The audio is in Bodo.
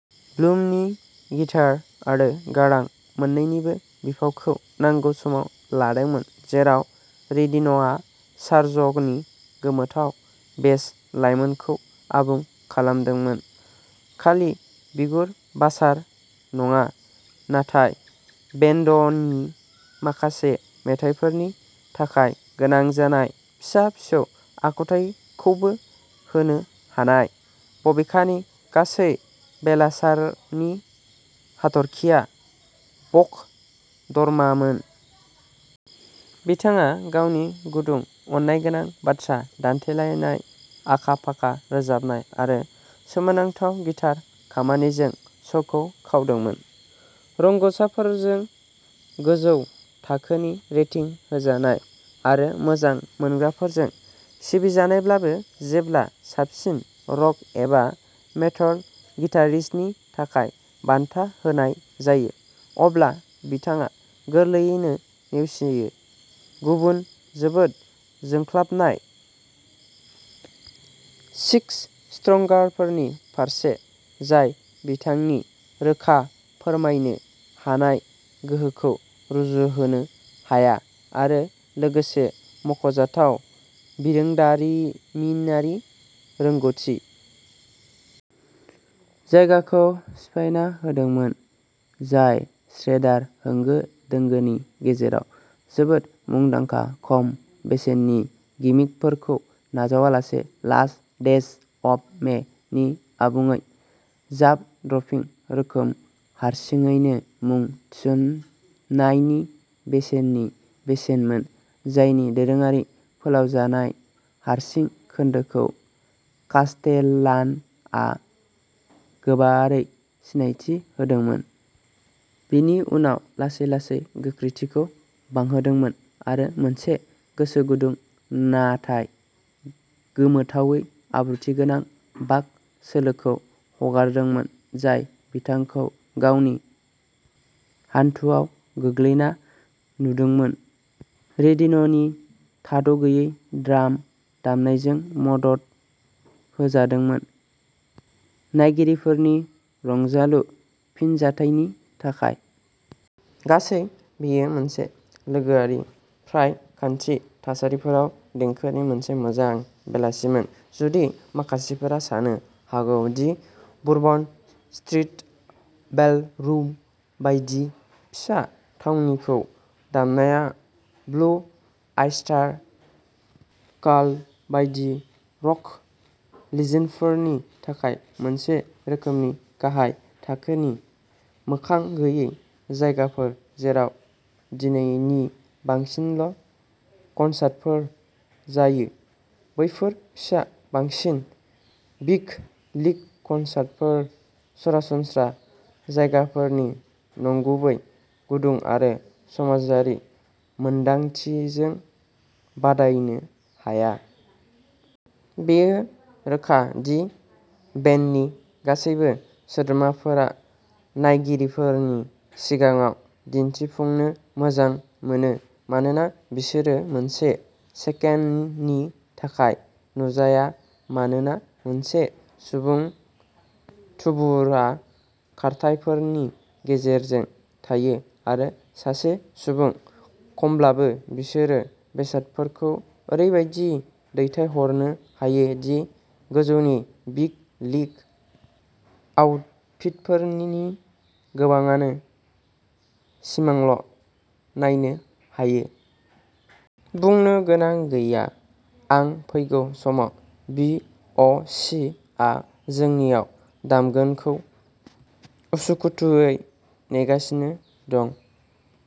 ब्लुमनि गिटार आरो गारां मोन्नैनिबो बिफावखौ नांगौ समाव लादोंमोन। जेराव रेडिन'आ सारज' गोमोथाव बेस लाइमोनखौ आबुं खालामदोंमोन खालि बिगुर बासार नङा, नाथाय बेन्द'नि माखासे मेथाइफोरनि थाखाय गोनां जानाय फिसा-फिसौ आखुथायखौबो होनो हानाय। बबेखानि, गासै बेलासारनि हाथरखिआ बक धर्मामोन। बिथाङा गावनि गुदुं, अननायगोनां बाथ्रा दान्थेलायनाय, आखा-फाखा रोजाबनाय, आरो सोमोनांथाव गिटार खामानिजों श'खौ खावदोंमोन। रोंग'सारफोरजों गोजौ थाखोनि रेटिं होजानाय आरो मोजां मोनग्राफोरजों सिबिजानायब्लाबो जेब्ला साबसिन रक एबा मेटल गिटारिस्टनि थाखाय बान्था होनाय जायो अब्ला बिथाङा गोरलैयैनो नेवसियो गुबुन जोबोद जोंख्लाबनाय सिक्स-स्ट्रंगारफोरनि फारसे, जाय बिथांनि रोखा फोरमायनो हानाय गोहोखौ रुजुहोनो हाया आरो लोगोसे मुंख'जाथाव बिरोंदामिनारि रोंग'थि। जायगाखौ सिफायना होदोंमोन जाय श्रेडार होंगो दोंगोनि गेजेराव जोबोद मुंदांखा खम बेसेननि गिमिकफोरखौ नाजावालासे "लास्ट डेज अफ मे" नि आबुङै जाभ-ड्रपिं रोखोम हारसिङैनो मुं थिसननायनि बेसेननि बेसेनमोन जायनि दोरोङारि फोलावजानाय हारसिं खोन्दोखौ कास्टेलान'आ गोबारै सिनायथि होदोंमोन बेनि उनाव लासै लासै गोख्रैथिखौ बांहोदोंमोन आरो मोनसे गोसो गुदुं नाथाय गोमोथावै आब्रुथिगोनां बाक सोलोखौ हगारदोंमोन जाय बिथांखौ गावनि हान्थुआव गोग्लैना नुदोंमोन रेडिन'नि थाद'गैयै ड्राम दामनायजों मदद होजादोंमोन नायगिरिफोरनि रंजालु फिनजाथायनि थाखाय। गासै, बेयो मोनसे लोगोआरि, फ्राय खाथि थासारियाव देंखोनि मोनसे मोजां बेलासिमोन। जुदि माखासेफोरा सानो हागौ दि बुरबन स्ट्रिट बलरुम बायदि फिसा थावनिखौ दामनाया ब्लु ऑयस्टार काल्ट बायदि रक लिजेन्डफोरनि थाखाय मोनसे रोखोमनि गाहाय थाखोनि, मोखां गैयै जायगाफोर जेराव दिनैनि बांसिनल 'कनसार्टफोर जायो, बैफोर फिसा बांसिन बिग-लिग'कनसार्टफोर, सरासनस्रा जायगाफोरनि नंगुबै गुदुं आरो समाजारि मोनदांथिजों बादायनो हाया। बेयो रोखा दि बेन्डनि गासैबो सोद्रोमाफोरा नायगिरिफोरनि सिगाङाव दिन्थिफुंनो मोजां मोनो मानोना बिसोरो मोनसे सेकेन्डनि थाखाय नुजाया मानोना मोनसे सुबुं थुबुरआ खारथाइफोरनि गेजेरजों थायो आरो सासे सुबुं खमब्लाबो बिसोरो बेसादफोरखौ ओरैबायदि दैथायहरनो हायो दि गोजौनि बिग-लिग आउटफिटफोरनि गोबांआनो सिमांल' नायनो हायो। बुंनो गोनां गैया, आं फैगौ समाव बि. अ. सि. आ जोंनिआव दामगोनखौ उसुखुथुयै नेगासिनो दं।